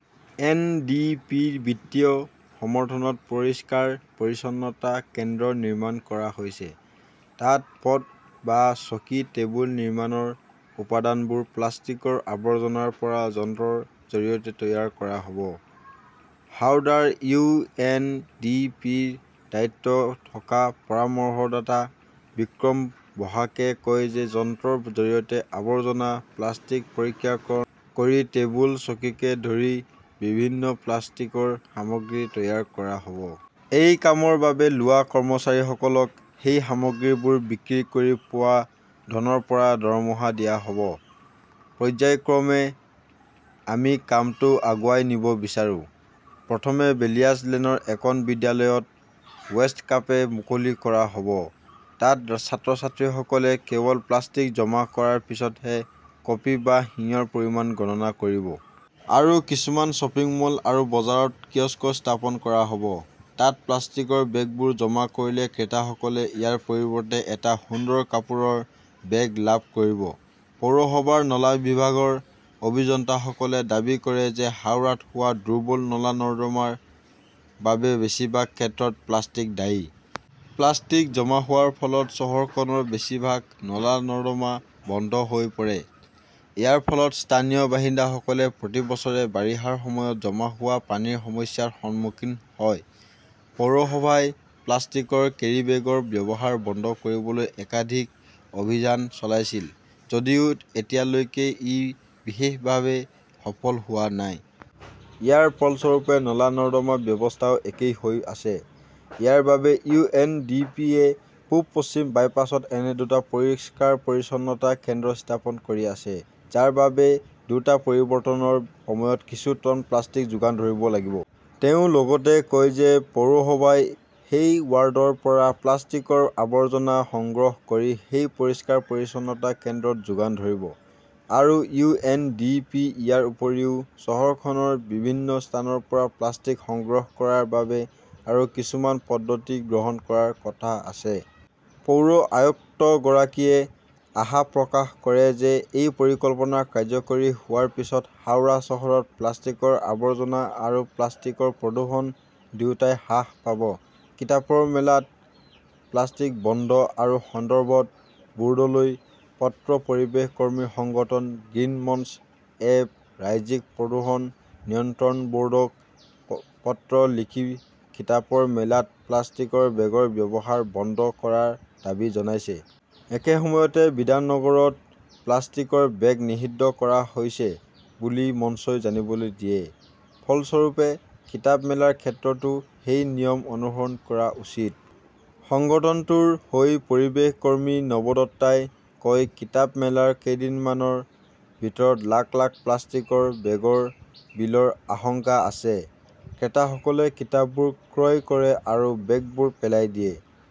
N. D. P. ৰ বিত্তীয় সমৰ্থনত পৰিষ্কাৰ-পৰিচ্ছন্নতা কেন্দ্ৰ নিৰ্মাণ কৰা হৈছে। তাত পথ বা চকী-টেবুল নিৰ্মাণৰ উপাদানবোৰ প্লাষ্টিকৰ আৱৰ্জনাৰ পৰা যন্ত্ৰৰ জৰিয়তে তৈয়াৰ কৰা হ 'ব। হাওড়াৰ ইউ. এন. ডি. পি. -ৰ দায়িত্বত থকা পৰামৰ্শদাতা বিক্ৰম বসাকে কয় যে যন্ত্ৰৰ জৰিয়তে আৱৰ্জনা প্লাষ্টিক প্ৰক্ৰিয়াকৰণ কৰি টেবুল, চকীকে ধৰি বিভিন্ন প্লাষ্টিকৰ সামগ্ৰী তৈয়াৰ কৰা হ'ব। এই কামৰ বাবে লোৱা কৰ্মচাৰীসকলক সেই সামগ্ৰীবোৰ বিক্ৰী কৰি পোৱা ধনৰ পৰা দৰমহা দিয়া হ'ব। পৰ্য্যায়ক্ৰমে আমি কামটো আগুৱাই নিব বিচাৰো। প্ৰথমে বেলিয়াছ লেনৰ এখন বিদ্যালয়ত ৱেষ্ট কাফে মুকলি কৰা হ'ব। তাত ছাত্ৰ-ছাত্ৰীসকলে কেৱল প্লাষ্টিক জমা কৰাৰ পিছতহে কফি বা শিঙৰ পৰিমাণ গণনা কৰিব। আৰু কিছুমান শ্বপিং মল আৰু বজাৰত কিয়স্ক স্থাপন কৰা হ'ব। তাত প্লাষ্টিকৰ বেগবোৰ জমা কৰিলে ক্ৰেতাসকলে ইয়াৰ পৰিৱৰ্তে এটা সুন্দৰ কাপোৰৰ বেগ লাভ কৰিব। পৌৰসভাৰ নলা বিভাগৰ অভিযন্তাসকলে দাবী কৰে যে হাওৰাত হোৱা দুৰ্বল নলা-নৰ্দমাৰ বাবে বেছিভাগ ক্ষেত্ৰতে প্লাষ্টিক দায়ী। প্লাষ্টিক জমা হোৱাৰ ফলত চহৰখনৰ বেছিভাগ নলা-নৰ্দমা বন্ধ হৈ পৰে। ইয়াৰ ফলত স্থানীয় বাসিন্দাসকলে প্ৰতি বছৰে বাৰিষাৰ সময়ত জমা হোৱা পানীৰ সমস্যাৰ সন্মুখীন হয়। পৌৰসভাই প্লাষ্টিকৰ কেৰিবেগৰ ব্যৱহাৰ বন্ধ কৰিবলৈ একাধিক অভিযান চলাইছিল যদিও এতিয়ালৈকে ই বিশেষভাৱে সফল হোৱা নাই। ইয়াৰ ফলস্বৰূপে নলা-নৰ্দমা ব্যৱস্থাও একেই হৈ আছে। ইয়াৰ বাবে ইউ. এন. ডি. পি. -য়ে পূব-পশ্চিম বাইপাছত এনে দুটা পৰিষ্কাৰ-পৰিচ্ছন্নতা কেন্দ্ৰ স্থাপন কৰি আছে, যাৰ বাবে দুটা পৰিৱৰ্তনৰ সময়ত কিছু টন প্লাষ্টিক যোগান ধৰিব লাগিব। তেওঁ লগতে কয় যে পৌৰসভাই সেই ৱাৰ্ডৰ পৰা প্লাষ্টিকৰ আৱৰ্জনা সংগ্ৰহ কৰি সেই পৰিষ্কাৰ-পৰিচ্ছন্নতা কেন্দ্ৰত যোগান ধৰিব। আৰু ইউ. এন. ডি. পি. ইয়াৰ উপৰিও, চহৰখনৰ বিভিন্ন স্থানৰ পৰা প্লাষ্টিক সংগ্ৰহ কৰাৰ বাবে আৰু কিছুমান পদ্ধতি গ্ৰহণ কৰাৰ কথা আছে। পৌৰ আয়ুক্তগৰাকীয়ে আশা প্ৰকাশ কৰে যে এই পৰিকল্পনা কাৰ্যকৰী হোৱাৰ পিছত হাওৰা চহৰত প্লাষ্টিকৰ আৱৰ্জনা আৰু প্লাষ্টিকৰ প্ৰদূষণ দুয়োটাই হ্ৰাস পাব। কিতাপৰ মেলাত প্লাষ্টিক বন্ধ কৰাৰ সন্দৰ্ভত বোৰ্ডলৈ পত্ৰ পৰিৱেশ কৰ্মীৰ সংগঠন গ্ৰীণ মঞ্চ এ ৰাজ্যিক প্ৰদূষণ নিয়ন্ত্ৰণ বৰ্ডক পত্ৰ লিখি কিতাপৰ মেলাত প্লাষ্টিকৰ বেগৰ ব্যৱহাৰ বন্ধ কৰাৰ দাবী জনাইছে। একে সময়তে বিধাননগৰত প্লাষ্টিকৰ বেগ নিষিদ্ধ কৰা হৈছে বুলি মঞ্চই জানিবলৈ দিয়ে। ফলস্বৰূপে, কিতাপ মেলাৰ ক্ষেত্ৰতো সেই নিয়ম অনুসৰণ কৰা উচিত। সংগঠনটোৰ হৈ পৰিৱেশ কৰ্মী নৱদত্তাই কয় কিতাপ মেলাৰ কেইদিনমানৰ ভিতৰত লাখ -লাখ প্লাষ্টিকৰ বেগৰ বিলৰ আশংকা আছে। ক্ৰেতাসকলে কিতাপবোৰ ক্ৰয় কৰে আৰু বেগবোৰ পেলাই দিয়ে।